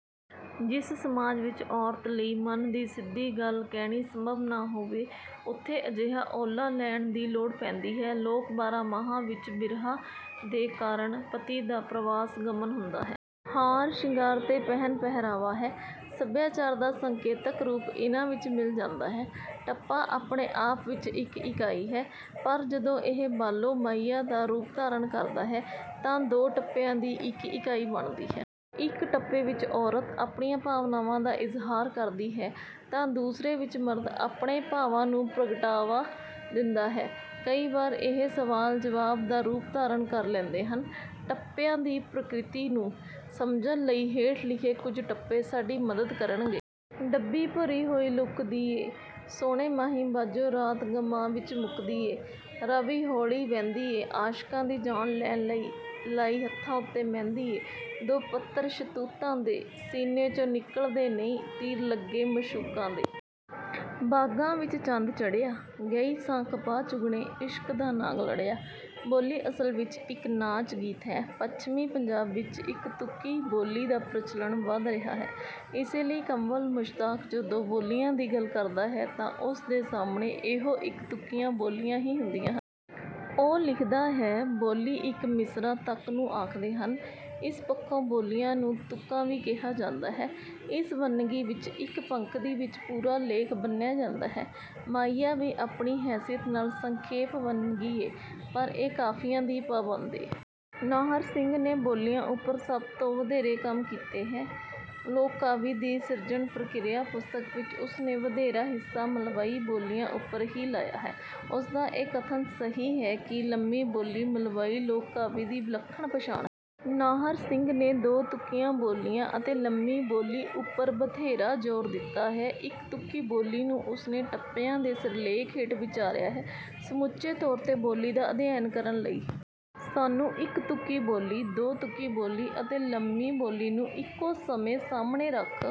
ਜਿਸ ਸਮਾਜ ਵਿਚ ਔਰਤ ਲਈ ਮਨ ਦੀ ਸਿੱਧੀ ਗੱਲ ਕੇਹਣੀ ਸੰਭਵ ਨਾ ਹੋਵੇ ਉਥੇ ਅਜਿਹਾ ਓਹਲਾ ਲੈਣ ਦੀ ਲੋੜ ਪੈਂਦੀ ਹੈ। ਲੋਕ ਬਾਰਹਾਮਾਹਾਂ ਵਿਚ ਬਿਰਹਾ ਦੇ ਕਾਰਣ, ਪਤੀ ਦਾ ਪਰਵਾਸ ਗਮਨ ਹੁੰਦਾ ਹੈ। ਹਾਰ ਸ਼ਿੰਗਾਰ ਤੇ ਪਹਿਨ ਪਹਿਰਾਵਾ ਹੈ| ਸਭਿਆਚਾਰ ਦਾ ਸੰਕੇਤਕ ਰੂਪ ਇਨ੍ਹਾਂ ਵਿਚ ਮਿਲ ਜਾਂਦਾ ਹੈ। ਟੱਪਾ ਆਪਣੇ ਆਪ ਵਿਚ ਇਕ ਇਕਾਈ ਹੈ। ਪਰ ਜਦੋਂ ਇਹ ਬਾਲੋ ਮਾਹੀਆ ਦਾ ਰੂਪ ਧਾਰਣ ਕਰਦਾ ਹੈ ਤਾਂ ਦੋ ਟੱਪਿਆਂ ਦੀ ਇਕ ਇਕਾਈ ਬਣਦੀ ਹੈ। ਇਕ ਟੱਪੇ ਵਿਚ ਔਰਤ ਆਪਣੀਆਂ ਭਾਵਨਾਵਾਂ ਦਾ ਇਜ਼ਹਾਰ ਕਰਦੀ ਹੈ ਤਾਂ ਦੂਸਰੇ ਵਿਚ ਮਰਦ ਆਪਣੇ ਭਾਵਾਂ ਨੂੰ ਪ੍ਰਗਟਾਵਾ ਦਿੰਦਾ ਹੈ। ਕਈ ਵਾਰ ਇਹ ਸਵਾਲ ਜਵਾਬ ਦਾ ਰੂਪ ਧਾਰਣ ਕਰ ਲੈਂਦੇ ਹਨ। ਟੱਪਿਆਂ ਦੀ ਪ੍ਰਕਿਰਤੀ ਨੂੰ ਸਮਝਣ ਲਈ ਹੇਠ ਲਿਖੇ ਕੁਝ ਟੱਪੇ ਸਾਡੀ ਮਦਦ ਕਰਨਗੇ। ਡੱਬੀ ਭਰੀ ਹੋਈ ਲੁੱਕ ਦੀ ਏ, ਸ੍ਹੋਣੇ ਮਾਹੀ ਬਾਝੋਂ ਰਾਤ ਗ਼ਮਾਂ ਵਿਚ ਮੁੱਕਦੀ ਏ। ਰਾਵੀ ਹੌਲ਼ੀ ਵਹਿੰਦੀ ਏ, ਆਸ਼ਕਾਂ ਦੀ ਜਾਨ ਲੈਣ ਲਈ, ਲਾਈ ਹੱਥਾਂ ਉੱਤੇ ਮਹਿੰਦੀ ਏ। ਦੋ ਪੱਤਰ ਸ਼ਤੂਤਾਂ ਦੇ, ਸੀਨੇ ਚੋਂ ਨਿਕਲਦੇ ਨਹੀਂ, ਤੀਰ ਲੱਗੇ ਮਾਸ਼ੂਕਾਂ ਦੇ। ਬਾਗਾਂ ਵਿਚ ਚੰਦ ਚੜ੍ਹਿਆ, ਗਈ ਸਾਂ ਕਪਾਹ ਚੁੱਗਣੇ, ਇਸ਼ਕ ਦਾ ਨਾਗ ਲੜਿਆ। ਬੋਲੀ ਅਸਲ ਵਿਚ ਇਕ ਨਾਚ ਗੀਤ ਹੈ। ਪੱਛਮੀ ਪੰਜਾਬ ਵਿਚ ਇਕ ਤੁਕੀ ਬੋਲੀ ਦਾ ਪ੍ਰਚਲਨ ਵਧ ਰਿਹਾ ਹੈ। ਇਸੇ ਲਈ ਕੰਵਲ ਮੁਸ਼ਤਾਕ ਜਦੋਂ ਬੋਲੀਆਂ ਦੀ ਗੱਲ ਕਰਦਾ ਹੈ ਤਾਂ ਉਸਦੇ ਸਾਹਮਣੇ ਇਹੋ ਇਕ ਤੁਕੀਆਂ ਬੋਲੀਆਂ ਹੀ ਹੁੰਦੀਆਂ ਹਨ। ਉਹ ਲਿਖਦਾ ਹੈ, ਬੋਲੀ ਇਕ ਮਿਸਰਾ ਤਕ ਨੂੰ ਆਖਦੇ ਹਨ। ਇਸ ਪੱਖੋਂ ਬੋਲੀਆਂ ਨੂੰ ਤੁਕਾਂ ਵੀ ਕਿਹਾ ਜਾਂਦਾ ਹੈ। ਇਸ ਵੰਨਗੀ ਵਿਚ, ਇਕ ਪੰਕਤੀ ਵਿਚ ਪੂਰਾ ਲੇਖ ਬੰਨ੍ਹਿਆਂ ਜਾਂਦਾ ਹੈ। ਮਾਹੀਆ ਵੀ ਆਪਣੀ ਹੈਸੀਅਤ ਨਾਲ ਸੰਖੇਪ ਵੰਨਗੀ ਏ ਪਰ ਇਹ ਕਾਫ਼ੀਆ ਦੀ ਪਾਬੰਦ ਏ। ਨਾਹਰ ਸਿੰਘ ਨੇ ਬੋਲੀਆਂ ਉਪਰ ਸਭ ਤੋਂ ਵਧੇਰੇ ਕੰਮ ਕੀਤੇ ਹੈ। ਲੋਕ ਕਾਵਿ ਦੀ ਸਿਰਜਣ ਪ੍ਰਕਿਰਿਆ ਪੁਸਤਕ ਵਿਚ ਉਸਨੇ ਵਧੇਰਾ ਹਿੱਸਾ ਮਲਵਈ ਬੋਲੀਆਂ ਉਪਰ ਹੀ ਲਾਇਆ ਹੈ। ਉਸਦਾ ਇਹ ਕਥਨ ਸਹੀ ਹੈ ਕਿ ਲੰਮੀ ਬੋਲੀ ਮਲਵਈ ਲੋਕ ਕਾਵਿ ਦੀ ਵਿਲੱਖਣ ਪਛਾਣ ਹੈ। ਨਾਹਰ ਸਿੰਘ ਨੇ ਦੋ ਤੁਕੀਆਂ ਬੋਲੀਆਂ ਅਤੇ ਲੰਮੀ ਬੋਲੀ ਉਪਰ ਵਧੇਰਾ ਜ਼ੋਰ ਦਿੱਤਾ ਹੈ। ਇਕ ਤੁਕੀ ਬੋਲੀ ਨੂੰ ਉਸਨੇ ਟੱਪਿਆਂ ਦੇ ਸਿਰਲੇਖ ਹੇਠ ਵਿਚਾਰਿਆ ਹੈ। ਸਮੁੱਚੇ ਤੌਰ ਤੇ ਬੋਲੀ ਦਾ ਅਧਿਐਨ ਕਰਨ ਲਈ ਸਾਨੂੰ ਇਕ ਤੁਕੀ ਬੋਲੀ, ਦੋ ਤੁਕੀ ਬੋਲੀ ਅਤੇ ਲੰਮੀ ਬੋਲੀ ਨੂੰ ਇਕੋ ਸਮੇਂ ਸਾਹਮਣੇ ਰੱਖ